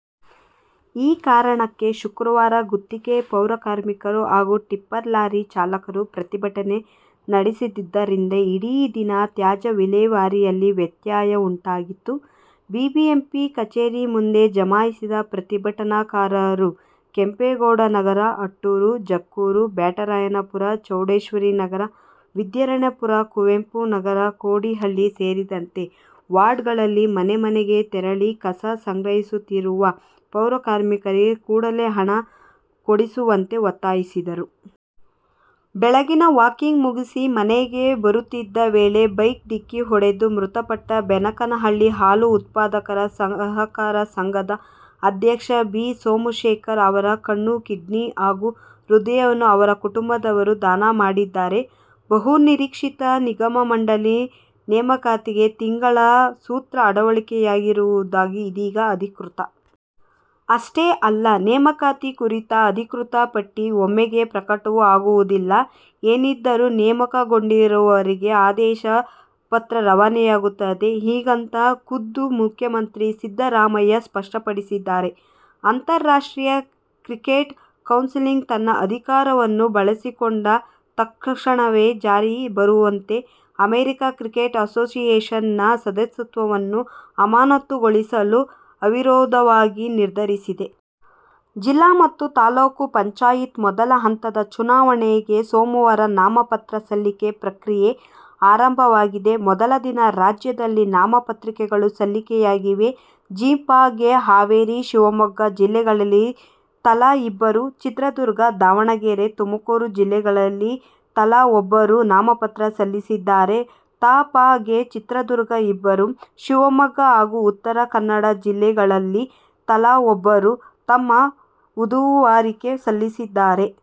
ಈ ಕಾರಣಕ್ಕೆ ಶುಕ್ರವಾರ ಗುತ್ತಿಗೆ ಪೌರಕಾರ್ಮಿಕರು ಹಾಗೂ ಟಿಪ್ಪರ್ ಲಾರಿ ಚಾಲಕರು ಪ್ರತಿಭಟನೆ ನಡೆಸಿದ್ದರಿಂದ ಇಡೀ ದಿನ ತ್ಯಾಜ್ಯ ವಿಲೇವಾರಿಯಲ್ಲಿ ವ್ಯತ್ಯಯ ಉಂಟಾಗಿತ್ತು. ಬಿಬಿಎಂಪಿ ಕಚೇರಿ ಮುಂದೆ ಜಮಾಯಿಸಿದ ಪ್ರತಿಭಟನಾಕಾರರು, ಕೆಂಪೇಗೌಡನಗರ, ಅಟ್ಟೂರು, ಜಕ್ಕೂರು, ಬ್ಯಾಟರಾಯನಪುರ, ಚೌಡೇಶ್ವರಿನಗರ, ವಿದ್ಯಾರಣ್ಯಪುರ, ಕುವೆಂಪುನಗರ, ಕೊಡಿಹಳ್ಳಿ ಸೇರಿದಂತೆ ವಾರ್ಡ್ಗಳಲ್ಲಿ ಮನೆಮನೆಗೆ ತೆರಳಿ ಕಸ ಸಂಗ್ರಹಿಸುತ್ತಿರುವ ಪೌರಕಾರ್ಮಿಕರಿಗೆ ಕೂಡಲೇ ಹಣ ಕೊಡಿಸುವಂತೆ ಒತ್ತಾಯಿಸಿದರು. ಬೆಳಗಿನ ವಾಕಿಂಗ್ ಮುಗಿಸಿ ಮನೆಗೆ ಬರುತ್ತಿದ್ದ ವೇಳೆ ಬೈಕ್ ಡಿಕ್ಕಿ ಹೊಡೆದು ಮೃತಪಟ್ಟ ಬೆನಕನಹಳ್ಳಿ ಹಾಲು ಉತ್ಪಾದಕರ ಸಹಕಾರ ಸಂಘದ ಅಧ್ಯಕ್ಷ ಬಿ. ಸೋಮಶೇಖರ್ ಅವರ ಕಣ್ಣು, ಕಿಡ್ನಿ ಹಾಗೂ ಹೃದಯವನ್ನು ಅವರ ಕುಟುಂಬದವರು ದಾನ ಮಾಡಿದ್ದಾರೆ. ಬಹು ನಿರೀಕ್ಷಿತ ನಿಗಮ-ಮಂಡಳಿ ನೇಮಕಾತಿಗೆ ತಿಂಗಳ ಸೂತ್ರ ಅಳವಡಿಕೆಯಾಗಿರುವುದು ಇದೀಗ ಅಧಿಕೃತ. ಅಷ್ಟೇ ಅಲ್ಲ, ನೇಮಕಾತಿ ಕುರಿತ ಅಧಿಕೃತ ಪಟ್ಟಿ ಒಮ್ಮೆಗೆ ಪ್ರಕಟವೂ ಆಗುವುದಿಲ್ಲ. ಏನಿದ್ದರೂ, ನೇಮಕಗೊಂಡವರಿಗೆ ಆದೇಶ ಪತ್ರ ರವಾನೆಯಾಗುತ್ತದೆ. ಹೀಗಂತ ಖುದ್ದು ಮುಖ್ಯಮಂತ್ರಿ ಸಿದ್ದರಾಮಯ್ಯ ಸ್ಪಷ್ಟಪಡಿಸಿದ್ದಾರೆ. ಅಂತಾರಾಷ್ಟ್ರೀಯ ಕ್ರಿಕೆಟ್ ಕೌನ್ಸಿಲ್ ತನ್ನ ಅಧಿಕಾರವನ್ನು ಬಳಸಿಕೊಂಡು ತತ್ಕ್ಷಣಕ್ಕೆ ಜಾರಿ ಬರುವಂತೆ ಅಮೆರಿಕ ಕ್ರಿಕೆಟ್ ಅಸೋಸಿಯೇಶನ್ ನ ಸದಸ್ಯತ್ವವನ್ನು ಅಮಾನತುಗೊಳಿಸಲು ಅವಿರೋಧವಾಗಿ ನಿರ್ಧರಿಸಿದೆ. ಜಿಲ್ಲಾ ಮತ್ತು ತಾಲೂಕು ಪಂಚಾಯತ್ ಮೊದಲ ಹಂತದ ಚುನಾವಣೆಗೆ ಸೋಮವಾರ ನಾಮಪತ್ರ ಸಲ್ಲಿಕೆ ಪ್ರಕ್ರಿಯೆ ಆರಂಭವಾಗಿದೆ. ಮೊದಲ ದಿನ ರಾಜ್ಯದಲ್ಲಿ ನಾಮಪತ್ರಗಳು ಸಲ್ಲಿಕೆಯಾಗಿವೆ. ಜಿಪಂಗೆ ಹಾವೇರಿ, ಶಿವಮೊಗ್ಗ ಜಿಲ್ಲೆಗಳಲ್ಲಿ ತಲಾ ಇಬ್ಬರು, ಚಿತ್ರದುರ್ಗ, ದಾವಣಗೆರೆ, ತುಮಕೂರು ಜಿಲ್ಲೆಗಳಲ್ಲಿ ತಲಾ ಒಬ್ಬರು ನಾಮಪತ್ರ ಸಲ್ಲಿಸಿದ್ದರೆ, ತಾಪಂಗೆ ಚಿತ್ರದುರ್ಗ ಇಬ್ಬರು, ಶಿವಮೊಗ್ಗ ಹಾಗೂ ಉತ್ತರ ಕನ್ನಡ ಜಿಲ್ಲೆಗಳಲ್ಲಿ ತಲಾ ಒಬ್ಬರು ತಮ್ಮ ಉಮೇದುವಾರಿಕೆ ಸಲ್ಲಿಸಿದ್ದಾರೆ.